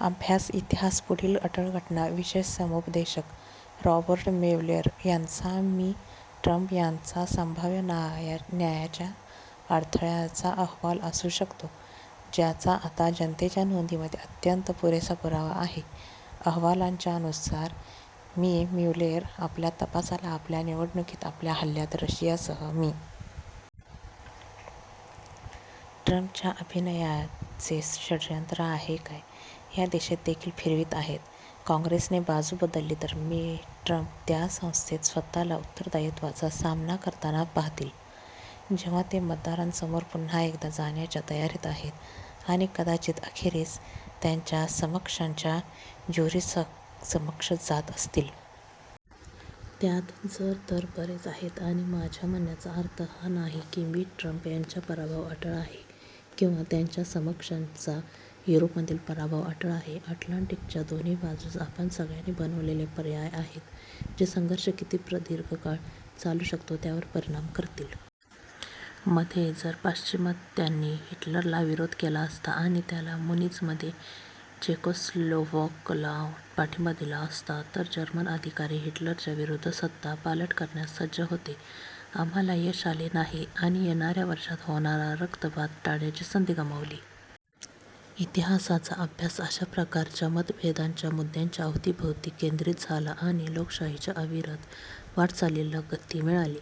अभ्यास इतिहास पुढील अटळ घटना विशेष समुपदेशक रॉबर्ट म्युलेर यांचा मि. ट्रम्प यांचा संभाव्य न्यायाच्या अडथळ्याचा अहवाल असू शकतो, ज्याचा आता जनतेच्या नोंदीमध्ये अत्यंत पुरेसा पुरावा आहे. अहवालांच्या अनुसार, मि. म्युलेर आपल्या तपासाला, आपल्या निवडणुकीत आपल्या हल्ल्यात रशियासह मि. ट्रम्पच्या अभियानाचे षड्यंत्र आहे काय या दिशेत देखील फिरवीत आहेत. काँग्रेसने बाजू बदलली तर, मि. ट्रम्प त्या संस्थेत स्वतःला उत्तरदायित्वाचा सामना करताना पाहतील, जेव्हा ते मतदारांसमोर पुन्हा एकदा जाण्याच्या तयारीत आहेत, आणि कदाचित अखेरीस त्यांच्या समकक्षांच्या ज्युरीसमक्ष जात असतील. त्यात जर-तर बरेच आहेत, आणि माझ्या म्हणण्याचा अर्थ हा नाही की मि. ट्रम्प यांचा पराभव अटळ आहे – किंवा त्याच्या समकक्षांचा युरोपमधील पराभव अटळ आहे. अटलांटिकच्या दोन्ही बाजूस आपण सगळ्यांनी बनवलेले पर्याय आहेत जे संघर्ष किती प्रदीर्घ काळ चालू शकतो त्यावर परिणाम करतील. मध्ये, जर पाश्चिमात्यांनी हिटलरला विरोध केला असता आणि त्याला मुनीचमध्ये चेकोस्लोव्हाकला पाठिंबा दिला असता तर जर्मन अधिकारी हिटलरच्या विरूद्ध सत्ता पालट करण्यास सज्ज होते. आम्हाला यश आले नाही आणि येणार्या वर्षात होणारा रक्तपात टाळण्याची संधी गमावली. इतिहासाचा अभ्यास अशा प्रकारच्या मतभेदांच्या मुद्यांच्या अवतीभवती केंद्रित झाला आणि लोकशाहीच्या अविरत वाटचालीला गती मिळाली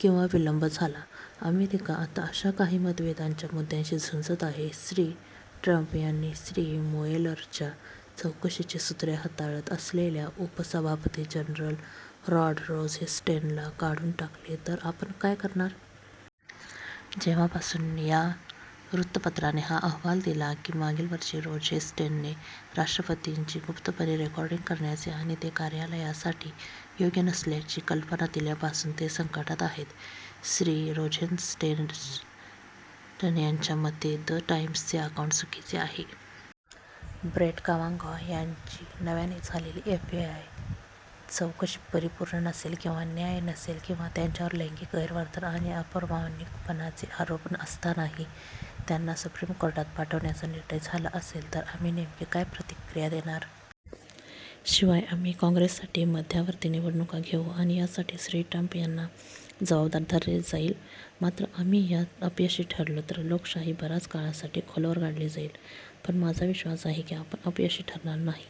किंवा विलंब झाला. अमेरिका आता अशा काही मतभेदाच्या मुद्द्यांशी झुंझत आहे. श्री. ट्रम्प यांनी श्री. मुएलरच्या चौकशीची सूत्रे हाताळत असलेल्या, उपसभापती जनरल रॉड रोझेस्टेनला काढून टाकले तर आपण काय करणार? जेव्हापासून या वृत्तपत्राने हा अहवाल दिला की मागील वर्षी रोझेस्टेनने राष्ट्रपतींची गुप्तपणे रेकॉर्डिंग करण्याचे आणि ते कार्यालयासाठी योग्य नसल्याची कल्पना दिल्यापासून ते संकटात आहेत. श्री. रोझेन्सेटन यांच्या मते द टाईम्सचे अकाऊंट चुकीचे आहे. ब्रेट कावांगॉ यांची नव्याने झालेली एफबीआय चौकशी परिपूर्ण नसेल किंवा न्याय्य नसेल- किंवा त्यांच्यावर लैंगिक गैरवर्तन आणि अप्रामाणिकपणाचे आरोप असतानाही त्यांना सुप्रीम कोर्टात पाठवण्याचा निर्णय झाला असेल तर आम्ही नेमकी काय प्रतिक्रिया देणार? शिवाय, आम्ही काँग्रेससाठी मध्यावर्ती निवडणुका घेऊ आणि यासाठी श्री. ट्रम्प यांना जबाबदार धरले जाईल? मात्र, आम्ही यात अपयशी ठरलो तर लोकशाही बराच काळासाठी खोलवर गाडली जाईल. पण माझा विश्वास आहे की आपण अपयशी ठरणार नाही.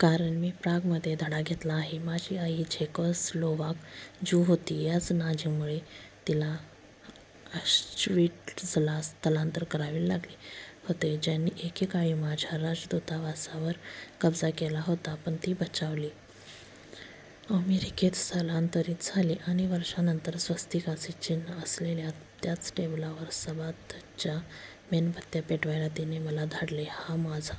कारण, मी प्रागमध्ये धडा घेतला आहे. माझी आई झेकोस्लोवाक ज्यू होती. त्याच नाझींमुळे तिला ऑश्चविट्झला स्थलांतर करावे लागले होते ज्यांनी एकेकाळी माझ्या राजदूतावासावर कब्जा केला होता. पण, ती बचावली, अमेरिकेत स्थलांतरित झाली… आणि वर्षांनंतर स्वस्तिकाचे चिन्ह असलेल्या त्याच टेबलावर सबाथच्या मेणबत्त्या पेटवायला तिने मला धाडले. हा माझा